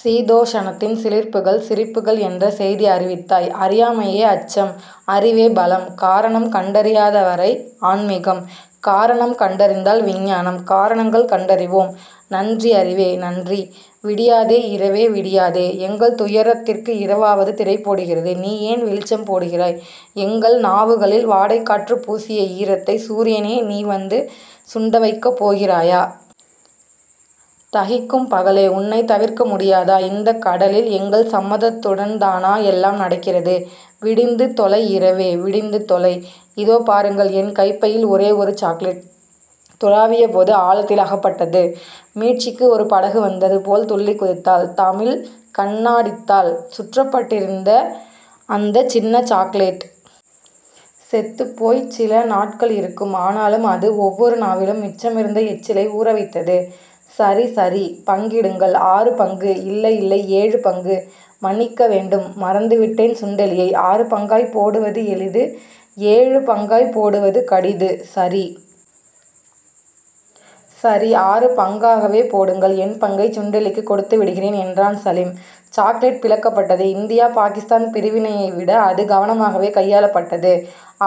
சீதோஷணத்தின் சிலிர்ப்புகள்... சிரிப்புகள் என்ற செய்தி அறிவித்தாய். அறியாமையே அச்சம். அறிவே பலம். காரணம் கண்டறியாதவரை ஆன்மீகம். காரணம் கண்டறிந்தால் விஞ்ஞானம். காரணங்கள் கண்டறிவோம். நன்றி அறிவே. நன்றி. விடியாதே இரவே. விடியாதே. எங்கள் துயரத்திற்கு இரவாவது திரைபோடுகிறது. நீ ஏன் வெளிச்சம் போடுகிறாய்? எங்கள் நாவுகளில் வாடைக்காற்று பூசிய ஈரத்தை சூரியனே நீ வந்து சுண்டவைக்கப் போகிறாயா? தகிக்கும் பகலே. உன்னைத் தவிர்க்கமுடியாதா? இந்தக் கடலில் எங்கள் சம்மதத்துடன்தானா எல்லாம் நடக்கிறது? விடிந்து தொலை இரவே. விடிந்து தொலை. இதோ பாருங்கள். என் கைப்பையில் ஒரே ஒரு சாக்லெட்.. துழாவியபோது ஆழத்தில் அகப்பட்டது. மீட்சிக்கு ஒரு படகு வந்தது போல் துள்ளிக்குதித்தாள் தமிழ் கண்ணாடித்தாள் சுற்றப்பட்டிருந்த அந்தச் சின்ன சாக்லெட். செத்துப்போய்ச் சில நாட்கள் இருக்கும். ஆனாலும், அது ஒவ்வொரு நாவிலும் மிச்சமிருந்த எச்சிலை ஊறவைத்தது. சரி சரி. பங்கிடுங்கள். ஆறு பங்கு. இல்லை. இல்லை. ஏழு பங்கு. மன்னிக்க வேண்டும். மறந்துவிட்டேன் சுண்டெலியை. ஆறு பங்காய்ப் போடுவது எளிது. ஏழு பங்காய்ப் போடுவது கடிது. சரி.. சரி. ஆறு பங்காகவே போடுங்கள். என் பங்கைச் சுண்டெலிக்குக் கொடுத்துவிடுகிறேன் என்றான் சலீம். சாக்லெட் பிளக்கப்பட்டது. இந்தியா பாகிஸதான் பிரிவினையைவிட அது கவனமாகவே கையாளப்பட்டது.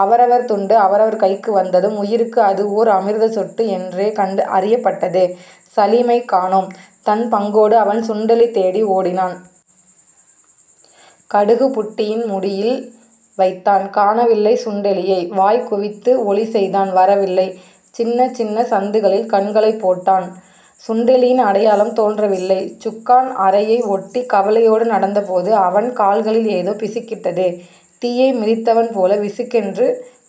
அவரவர் துண்டு அவரவர் கைக்கு வந்ததும், உயிருக்கு அது ஓர் அமிர்தச் சொட்டு என்றே அறியப்பட்டது. சலீமைக் காணோம். தன் பங்கோடு அவன் சுண்டெலி தேடி ஓடினான். கடுகுபுட்டியின் முடியில் வைத்தான். காணவில்லை சுண்டெலியை. வாய்குவித்து ஒலிசெய்தான். வரவில்லை. சின்னச் சின்னச் சந்துகளில் கண்களைப் போட்டான். சுண்டெலியின் அடையாளம் தோன்றவில்லை. சுக்கான் அறையை ஒட்டிக் கவலையோடு நடந்தபோது அவன் கால்களில் ஏதோ பிசுக்கிட்டது. தீயை மிதித்தவன்போல விசுக்கென்று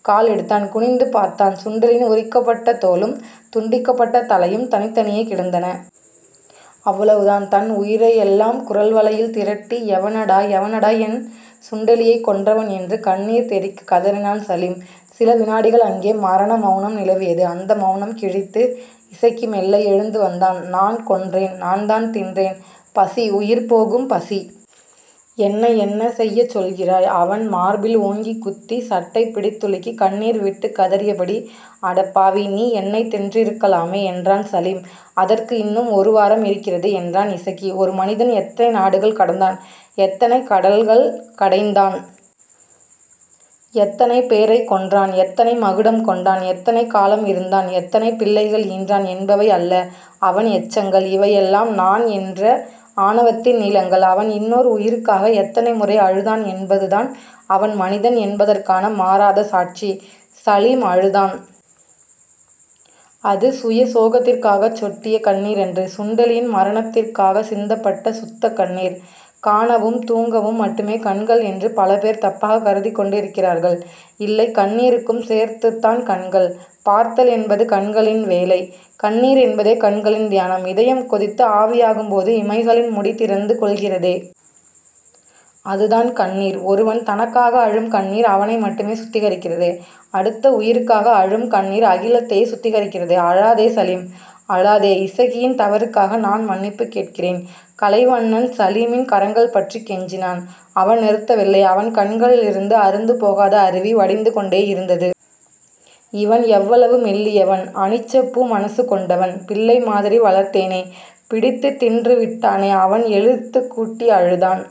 காலெடுத்தான், குனிந்து பார்த்தான். சுண்டெலியின் உரிக்கப்பட்ட தோலும், துண்டிக்கப்பட்ட தலையும் தனித்தனியே கிடந்தன. அவ்வளவுதான. தன் உயிரையெல்லாம் குரல்வளையில் திரட்டி எவனடா. எவனடா என சுண்டெலியைக் கொன்றவன் என்று கண்ணீர் தெறிக்கக் கதறினான் சலீம். சில விநாடிகள் அங்கே மரணமெளனம் நிலவியது. அந்த மெளனம் கிழித்து இசக்கி மெல்ல எழுந்துவந்தான். நான் கொன்றேன், நான்தான் தின்றேன். பசி, உயிர்போகும் பசி. என்னை என்ன செய்யச் சொல்கிறாய்? அவன் மார்பில் ஓங்கிக் குத்தி, சட்டை பிடித்துலுக்கி, கண்ணீர்விட்டுக் கதறியபடி அடப்பாவி. நீ என்னைத் தின்றிருக்கலாமே என்றான் சலீம். அதற்கு இன்னும் ஒரு வாரம் இருக்கிறது. என்றான் இசக்கி. ஒரு மனிதன் எத்தனை நாடுகள் கடந்தான். எத்தனை கடல்கள் கடைந்தான். எத்தனை பேரைக் கொன்றான். எத்தனை மகுடம் கொண்டான். எத்தனை காலம் இருந்தான். எத்தனை பிள்ளைகள் ஈன்றான் என்பவை அல்ல அவன் எச்சங்கள். இவையெல்லாம் நான் என்ற ஆணவத்தின் நீளங்கள். அவன் இன்னோர் உயிருக்காக எத்தனைமுறை அழுதான் என்பதுதான், அவன் மனிதன் என்பதற்கான மாறாத சாட்சி. சலீம் அழுதான். அது சுயசோகத்திற்காகச் சொட்டிய கண்ணீரன்று. சுண்டெலியின் மரணத்திற்காகச் சிந்தப்பட்ட சுத்தக் கண்ணீர். காணவும் தூங்கவும் மட்டுமே கண்கள் என்று பலபேர் தப்பாகக் கருதிக் கொண்டிருக்கிறார்கள். இல்லை கண்ணீருக்கும் சேர்த்துத்தான் கண்கள். பார்த்தல் என்பது கண்களின் வேலை. கண்ணீர் என்பதே கண்களின் தியானம். இதயம் கொதித்து ஆவியாகும்போது இமைகளின் முடி திறந்து கொள்கிறதே... அதுதான் கண்ணீர். ஒருவன் தனக்காக அழும் கண்ணீர் அவனைமட்டுமே சுத்திகரிக்கிறது. அடுத்த உயிருக்காக அழும் கண்ணீர் அகிலத்தையே சுத்திகரிக்கிறது. அழாதே சலீம். அழாதே. இசக்கியின் தவறுக்காக நான் மன்னிப்புக் கேட்கிறேன் கலைவண்ணன் சலீமின் கரங்கள் பற்றிக் கெஞ்சினான். அவன் நிறுத்தவில்லை. அவன் கண்களிலிருந்து அறுந்துபோகாத அருவி வடிந்து கொண்டேயிருந்தது. இவன் எவ்வளவு மெல்லியவன். அனிச்சப்பூ மனசு கொண்டவன். பிள்ளை மாதிரி வளர்த்தேனே. பிடித்துத் தின்றுவிட்டானே. அவன் எழுத்துக் கூட்டி அழுதான்.